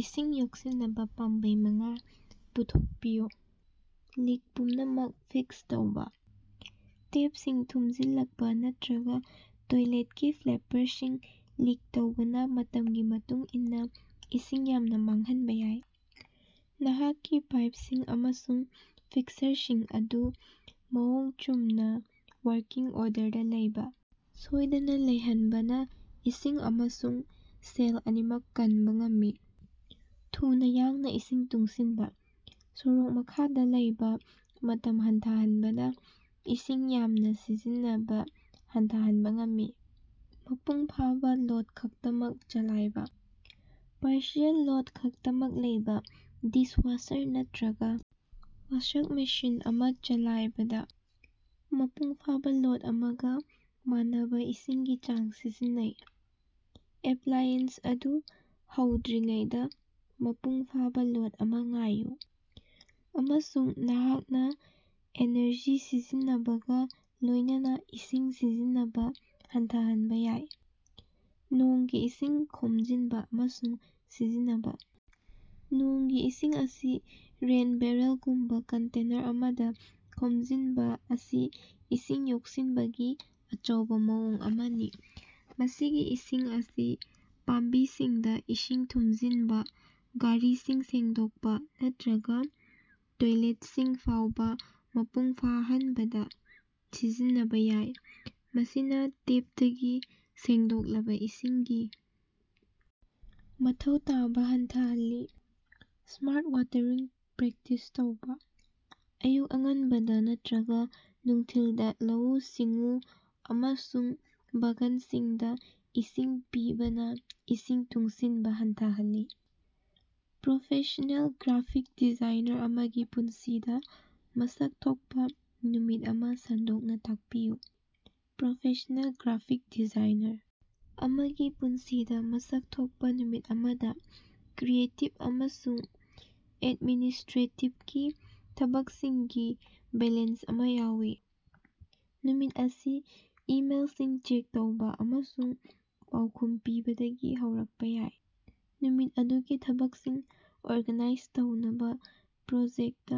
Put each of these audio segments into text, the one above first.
ꯏꯁꯤꯡ ꯌꯣꯛꯁꯤꯟꯅꯕ ꯄꯥꯝꯕꯩ ꯃꯉꯥ ꯄꯨꯊꯣꯛꯄꯤꯌꯨ꯫ ꯂꯤꯛ ꯄꯨꯝꯅꯃꯛ ꯐꯤꯛꯁ ꯇꯧꯕ: ꯇꯦꯞꯁꯤꯡ ꯊꯨꯝꯖꯤꯜꯂꯛꯄ ꯅꯠꯇ꯭ꯔꯒ ꯇꯣꯏꯂꯦꯠꯀꯤ ꯐ꯭ꯂꯦꯄꯔꯁꯤꯡ ꯂꯤꯛ ꯇꯧꯕꯅ ꯃꯇꯝꯒꯤ ꯃꯇꯨꯡ ꯏꯟꯅ ꯏꯁꯤꯡ ꯌꯥꯝꯅ ꯃꯥꯡꯍꯟꯕ ꯌꯥꯏ꯫ ꯅꯍꯥꯛꯀꯤ ꯄꯥꯏꯄꯁꯤꯡ ꯑꯃꯁꯨꯡ ꯐꯤꯛꯁꯆꯔꯁꯤꯡ ꯑꯗꯨ ꯃꯑꯣꯡ ꯆꯨꯝꯅ ꯋꯥꯔꯀꯤꯡ ꯑꯣꯔꯗꯔꯗ ꯂꯩꯕ ꯁꯣꯏꯗꯅ ꯂꯩꯍꯟꯕꯅ ꯏꯁꯤꯡ ꯑꯃꯁꯨꯡ ꯁꯦꯜ ꯑꯅꯤꯃꯛ ꯀꯟꯕ ꯉꯝꯒꯅꯤ꯫ ꯊꯨꯅ ꯌꯥꯡꯅ ꯏꯁꯤꯡ ꯇꯨꯡꯁꯤꯟꯕ: ꯁꯣꯔꯣꯛ ꯃꯈꯥꯗ ꯂꯩꯕ ꯃꯇꯝ ꯍꯟꯊꯍꯟꯕꯅ ꯏꯁꯤꯡ ꯌꯥꯝꯅ ꯁꯤꯖꯤꯟꯅꯕ ꯍꯟꯊꯍꯟꯕ ꯉꯝꯒꯅꯤ꯫ ꯃꯄꯨꯡ ꯐꯥꯕ ꯂꯣꯗ ꯈꯛꯇꯃꯛ ꯆꯂꯥꯏꯕ: ꯄꯥꯔꯁꯤꯑꯦꯜ ꯂꯣꯗ ꯈꯛꯇꯃꯛ ꯂꯩꯕ ꯗꯤꯁꯋꯥꯁꯔ ꯅꯠꯇ꯭ꯔꯒ ꯋꯥꯁꯛ ꯃꯦꯁꯤꯟ ꯑꯃ ꯆꯂꯥꯏꯕꯗ ꯃꯄꯨꯡ ꯐꯥꯕ ꯂꯣꯗ ꯑꯃꯒ ꯃꯥꯟꯅꯕ ꯏꯁꯤꯡꯒꯤ ꯆꯥꯡ ꯁꯤꯖꯤꯟꯅꯩ꯫ ꯑꯦꯄ꯭ꯂꯥꯏꯑꯦꯟꯁ ꯑꯗꯨ ꯍꯧꯗ꯭ꯔꯤꯉꯩꯗ ꯃꯄꯨꯡꯐꯥꯕ ꯂꯣꯗ ꯑꯃ ꯉꯥꯏꯌꯨ, ꯑꯃꯁꯨꯡ ꯅꯍꯥꯛꯅ ꯑꯦꯅꯔꯖꯤ ꯁꯤꯖꯤꯟꯅꯕꯒ ꯂꯣꯏꯅꯅ ꯏꯁꯤꯡ ꯁꯤꯖꯤꯟꯅꯕ ꯍꯟꯊꯍꯟꯕ ꯌꯥꯏ꯫ ꯅꯣꯡꯒꯤ ꯏꯁꯤꯡ ꯈꯣꯝꯖꯤꯟꯕ ꯑꯃꯁꯨꯡ ꯁꯤꯖꯤꯟꯅꯕ: ꯅꯣꯡꯒꯤ ꯏꯁꯤꯡ ꯑꯁꯤ ꯔꯦꯟ ꯕꯦꯔꯦꯜꯒꯨꯝꯕ ꯀꯟꯇꯦꯅꯔ ꯑꯃꯗ ꯈꯣꯝꯖꯤꯟꯕ ꯑꯁꯤ ꯏꯁꯤꯡ ꯌꯣꯛꯁꯤꯟꯕꯒꯤ ꯑꯆꯧꯕ ꯃꯑꯣꯡ ꯑꯃꯅꯤ꯫ ꯃꯁꯤꯒꯤ ꯏꯁꯤꯡ ꯑꯁꯤ ꯄꯥꯝꯕꯤꯁꯤꯡꯗ ꯏꯁꯤꯡ ꯊꯨꯝꯖꯤꯟꯕ, ꯒꯥꯔꯤꯁꯤꯡ ꯁꯦꯡꯗꯣꯛꯄ ꯅꯠꯇ꯭ꯔꯒ ꯇꯣꯏꯂꯦꯠꯁꯤꯡ ꯐꯥꯎꯕ ꯃꯄꯨꯡ ꯐꯥꯍꯟꯕꯗ ꯁꯤꯖꯤꯟꯅꯕ ꯌꯥꯏ, ꯃꯁꯤꯅ ꯇꯦꯞꯇꯒꯤ ꯁꯦꯡꯗꯣꯛꯂꯕ ꯏꯁꯤꯡꯒꯤ ꯃꯊꯧ ꯇꯥꯕ ꯍꯟꯊꯍꯜꯂꯤ꯫ ꯁ꯭ꯃꯥꯔꯠ ꯋꯥꯇꯔꯤꯡ ꯄ꯭ꯔꯦꯛꯇꯤꯁ ꯇꯧꯕ: ꯑꯌꯨꯛ ꯑꯉꯟꯕꯗ ꯅꯠꯇ꯭ꯔꯒ ꯅꯨꯡꯊꯤꯜꯗ ꯂꯧꯎ-ꯁꯤꯡꯎ ꯑꯃꯁꯨꯡ ꯕꯥꯒꯥꯟꯁꯤꯡꯗ ꯏꯁꯤꯡ ꯄꯤꯕꯅ ꯏꯁꯤꯡ ꯇꯨꯡꯁꯤꯟꯕ ꯍꯟꯊꯍꯜꯂꯤ꯫ ꯄ꯭ꯔꯣꯐꯦꯁ꯭ꯅꯦꯜ ꯒ꯭ꯔꯥꯐꯤꯛ ꯗꯤꯖꯥꯏꯅꯔ ꯑꯃꯒꯤ ꯄꯨꯟꯁꯤꯗ ꯃꯁꯛ ꯊꯣꯛꯄ ꯅꯨꯃꯤꯠ ꯑꯃ ꯁꯟꯗꯣꯛꯅ ꯇꯥꯛꯄꯤꯌꯨ꯫ ꯄ꯭ꯔꯣꯐꯦꯁ꯭ꯅꯦꯜ ꯒ꯭ꯔꯥꯐꯤꯛ ꯗꯤꯖꯥꯏꯅꯔ ꯑꯃꯒꯤ ꯄꯨꯟꯁꯤꯗ ꯃꯁꯛ ꯊꯣꯛꯄ ꯅꯨꯃꯤꯠ ꯑꯃꯗ ꯀ꯭ꯔꯤꯌꯦꯇꯤꯕ ꯑꯃꯁꯨꯡ ꯑꯦꯗꯃꯤꯅꯤꯁ꯭ꯇꯔꯦꯇꯤꯕꯀꯤ ꯊꯕꯛꯁꯤꯡꯒꯤ ꯕꯦꯂꯦꯟꯁ ꯑꯃ ꯌꯥꯎꯏ꯫ ꯅꯨꯃꯤꯠ ꯑꯁꯤ ꯏꯃꯦꯜꯁꯤꯡ ꯆꯦꯛ ꯇꯧꯕ ꯑꯃꯁꯨꯡ ꯄꯥꯎꯈꯨꯝ ꯄꯤꯕꯗꯒꯤ ꯍꯧꯔꯛꯄ ꯌꯥꯏ ꯑꯃꯁꯨꯡ ꯅꯨꯃꯤꯠ ꯑꯗꯨꯒꯤ ꯊꯕꯛꯁꯤꯡ ꯑꯣꯔꯒꯅꯥꯏꯖ ꯇꯧꯅꯕ ꯄ꯭ꯔꯣꯖꯦꯛꯇ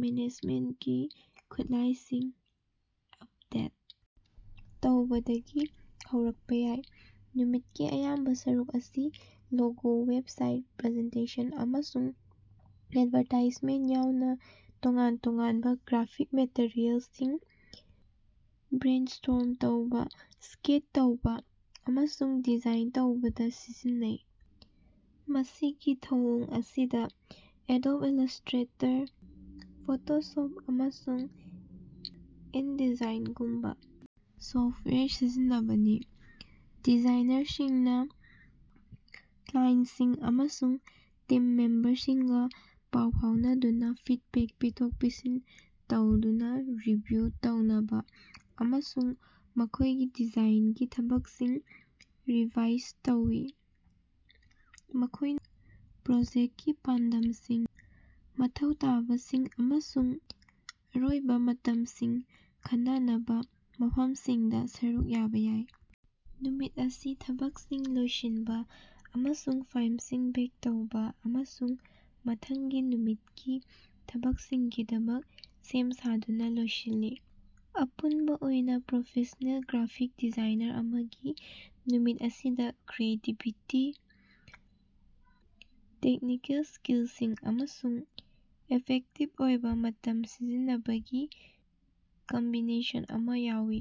ꯃꯦꯅꯦꯖꯃꯦꯟꯇꯀꯤ ꯈꯨꯠꯂꯥꯏꯁꯤꯡ ꯑꯄꯗꯦꯠ ꯇꯧꯕꯗꯒꯤ ꯍꯧꯔꯛꯄꯥ ꯌꯥꯏ꯫ ꯅꯨꯃꯤꯠꯀꯤ ꯑꯌꯥꯝꯕ ꯁꯔꯨꯛ ꯑꯁꯤ ꯂꯣꯒꯣ, ꯋꯦꯕꯁꯥꯏꯠ, ꯄ꯭ꯔꯖꯦꯟꯇꯦꯁꯟ, ꯑꯃꯁꯨꯡ ꯑꯦꯗꯚꯥꯔꯇꯥꯏꯖꯃꯦꯟꯇ ꯌꯥꯎꯅ ꯇꯣꯉꯥꯟ ꯇꯣꯉꯥꯟꯕ ꯒ꯭ꯔꯥꯐꯤꯛ ꯃꯦꯇꯔꯤꯑꯦꯜꯁꯤꯡ ꯕ꯭ꯔꯦꯟꯁ꯭ꯇꯣꯔꯝ ꯇꯧꯕ, ꯁ꯭ꯀꯦꯠ ꯇꯧꯕ ꯑꯃꯁꯨꯡ ꯗꯤꯖꯥꯏꯟ ꯇꯧꯕꯗ ꯁꯤꯖꯤꯟꯅꯩ꯫ ꯃꯁꯤꯒꯤ ꯊꯧꯑꯣꯡ ꯑꯁꯤꯗ ꯑꯦꯗꯣꯕ ꯏꯜꯂꯨꯁ꯭ꯇꯦꯇꯔ, ꯐꯣꯇꯣꯁꯞ, ꯑꯃꯁꯨꯡ ꯏꯟꯗꯤꯖꯥꯏꯟꯒꯨꯝꯕ ꯁꯣꯐ꯭ꯇꯋꯦꯔ ꯁꯤꯖꯤꯟꯅꯕꯅꯤ꯫ ꯗꯤꯖꯥꯏꯅꯔꯁꯤꯡꯅ ꯀ꯭ꯂꯥꯏꯟꯇꯁꯤꯡ ꯑꯃꯁꯨꯡ ꯇꯤꯝ ꯃꯦꯝꯕꯔꯁꯤꯡꯒ ꯄꯥꯎ ꯐꯥꯎꯅꯗꯨꯅ ꯐꯤꯗꯕꯦꯛ ꯄꯤꯊꯣꯛ-ꯄꯤꯁꯤꯟ ꯇꯧꯅꯗꯨꯅ, ꯔꯤꯚꯤꯌꯨ ꯇꯧꯅꯕ ꯑꯃꯁꯨꯡ ꯃꯈꯣꯏꯒꯤ ꯗꯤꯖꯥꯏꯟꯒꯤ ꯊꯕꯛꯁꯤꯡ ꯔꯤꯚꯥꯏꯖ ꯇꯧꯏ꯫ ꯃꯈꯣꯏꯅ ꯄ꯭ꯔꯣꯖꯦꯛꯇꯀꯤ ꯄꯥꯟꯗꯝꯁꯤꯡ, ꯃꯊꯧ ꯇꯥꯕꯁꯤꯡ ꯑꯃꯁꯨꯡ ꯑꯔꯣꯏꯕ ꯃꯇꯝꯁꯤꯡ ꯈꯟꯅꯅꯕ ꯃꯤꯐꯝꯁꯤꯡꯗ ꯁꯔꯨꯛ ꯌꯥꯕ ꯌꯥꯏ꯫ ꯅꯨꯃꯤꯠ ꯑꯁꯤ ꯊꯕꯛꯁꯤꯡ ꯂꯣꯏꯁꯤꯟꯕ ꯑꯃꯁꯨꯡ ꯐꯥꯏꯝꯁꯤꯡ ꯕꯦꯛ ꯇꯧꯕ ꯑꯃꯁꯨꯡ ꯃꯊꯪꯒꯤ ꯅꯨꯃꯤꯠꯀꯤ ꯊꯕꯛꯁꯤꯡꯒꯤꯗꯃꯛ ꯁꯦꯝ ꯁꯥꯗꯨꯅ ꯂꯣꯏꯁꯤꯜꯂꯤ꯫ ꯑꯄꯨꯟꯕ ꯑꯣꯏꯅ ꯄ꯭ꯔꯣꯐꯦꯁ꯭ꯅꯦꯜ ꯒ꯭ꯔꯥꯐꯤꯛ ꯗꯤꯖꯥꯏꯅꯔ ꯑꯃꯒꯤ ꯅꯨꯃꯤꯠ ꯑꯁꯤꯗ ꯀ꯭ꯔꯤꯌꯦꯇꯤꯕꯤꯇꯤ, ꯇꯦꯛꯅꯤꯀꯦꯜ ꯁ꯭ꯀꯤꯜꯁꯤꯡ ꯑꯃꯁꯨꯡ ꯏꯐꯦꯛꯇꯤꯕ ꯑꯣꯏꯕ ꯃꯇꯝ ꯁꯤꯖꯤꯟꯅꯕꯒꯤ ꯀꯝꯕꯤꯅꯦꯁꯟ ꯑꯃ ꯌꯥꯎꯏ꯫